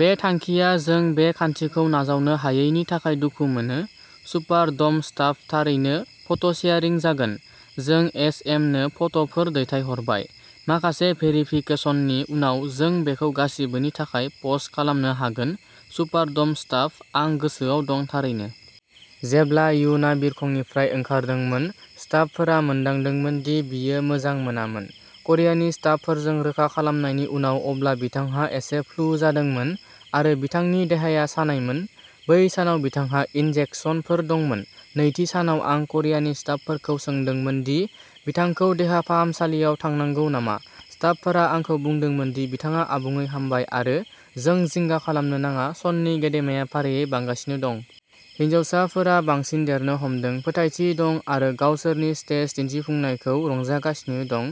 बे थांखिआ। जों बे खान्थिखौ नाजावनो हायैनि थाखाय दुखु मोनो। सुपार ड'म स्टाफ थारैनो फट'सेयारिं जागोन, जों एस एम नो फट'फोर दैथायहरबाय, माखासे भेरिफिकेसननि उनाव, जों बेखौ गासिबोनि थाखाय पस्ट खालामनो हागोन सुपार ड'म स्टाफ आं गोसोआव दं, थारैनो। जेब्ला युना बिरखंनिफ्राय ओंखारदोंमोन, स्टाफफोरा मोनदांदोंमोन दि बियो मोजां मोनामोन। करियानि स्टाफफोरजों रोखा खालामनायनि उनाव, अब्ला बिथांहा एसे फ्लु जादोंमोन आरो बिथांनि देहाया सानायमोन। बै सानाव बिथांहा इन्जेक्सनफोर दंमोन। नैथि सानाव आं करियानि स्टाफफोरखौ सोंदोंमोन दि बिथांखौ देहा फाहामसालियाव थांनांगौ नामा, स्टाफफोरा आंखौ बुंदोंमोन दि बिथाङा आबुङै हामबाय आरो जों जिंगा खालामनो नाङा सननि गेदेमाया फारियै बांगासिनो दं। हिनजावफोरा बांसिन देरनो हमदों, फोथायथि दं आरो गावसोरनि स्टेज दिन्थिफुंनायखौ रंजागासिनो दं,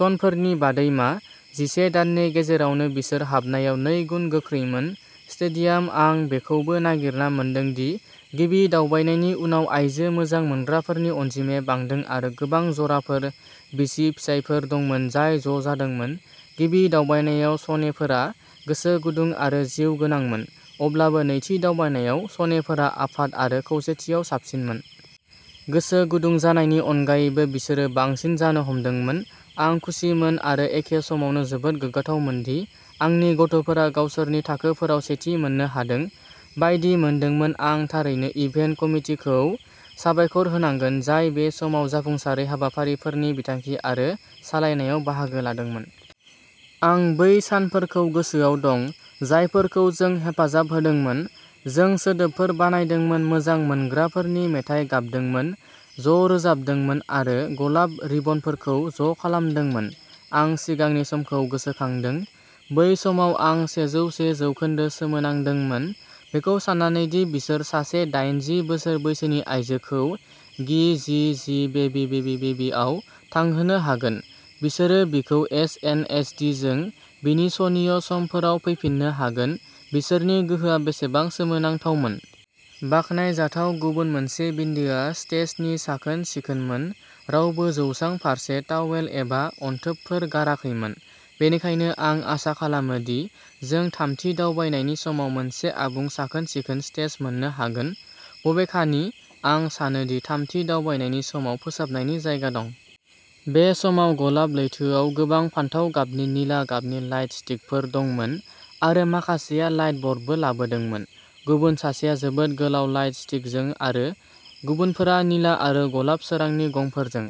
स'नफोरनि बादै मा? जिसे दाननि गेजेरावनो, बिसोर हाबनायाव नैगुन गोख्रैमोन। स्टेडियाम आं बेखौबो नागिरना मोनदों दि गिबि दावबायनायनि उनाव आइजो मोजां मोनग्राफोरनि अनजिमाया बांदों आरो गोबां जराफोर, बिसि-फिसायफोर दंमोन जाय ज'जादोंमोन गिबि दावबायनायाव स'नेफोरा गोसो गुदुं आरो जिउगोनांमोन, अब्लाबो नैथि दावबायनायाव स'नेफोरा आफाद आरो खौसेथियाव साबसिनमोन। गोसो गुदुं जानायनि अनगायैबो, बिसोरो बांसिन जानो हमदोंमोन। आं खुसिमोन आरो एखे समावनो जोबोद गोग्गाथावमोन दि आंनि गथ'फोरा गावसोरनि थाखोफोराव सेथि मोननो हादों बायदि मोनदोंमोन आं थारैनो' इभेन्ट कमिटि'खौ साबायखर होनांगोन, जाय बे समाव जाफुंसारै हाबाफारिफोरनि बिथांखि आरो सालायनायाव बाहागो लादोंमोन। आं बै सानफोरखौ गोसोआव दं, जायफोरखौ जों हेफाजाब होदोंमोन जों सोदोबफोर बानायदोंमोन, मोजां मोनग्राफोरनि मेथाइ गाबदोंमोन, ज'रोजाबदोंमोन आरो गलाब रिबनफोरखौ ज'खालामदोंमोन। आं सिगांनि समखौ गोसोखांदों। बै समाव, आं सेजौसे जौखोन्दो सोमोनांदोंमोन, बेखौ सान्नानै दि बिसोर सासे दायेनजि बोसोर बैसोनि आयजोखौ gee gee gee baby baby baby आव थांहोनो हागोन, बिसोरो बिखौ एस सन एस डि जों बिनि सनिय' समफोराव फैफिननो हागोन बिसोरनि गोहोआ बेसेबां सोमोनांथावमोन? बाखनायजाथाव गुबुन मोनसे बिन्दोआ स्टेजनि साखोन-सिखोनमोन। रावबो जौसां फारसे तावेल एबा अनथोबफोर गाराखैमोन, बेनिखायनो आं आसा खालामो दि जों थामथि दावबायनायनि समाव मोनसे आबुं साखोन-सिखोन स्टेज मोन्नो हागोन बबेखानि, आं सानो दि थामथि दावबायनायनि समाव फोसाबनायनि जायगा दं। बे समाव, गलाब लैथोआव गोबां फान्थाव गाबनि, निला गाबनि लाइट स्टिकफोर दंमोन आरो माखासेआ लाइटब'र्डबो लाबोदोंमोन, गुबुन सासेआ जोबोद गोलाव लाइट स्टिकजों आरो गुबुनफोरा निला आरो गलाब सोरांनि गंफोरजों।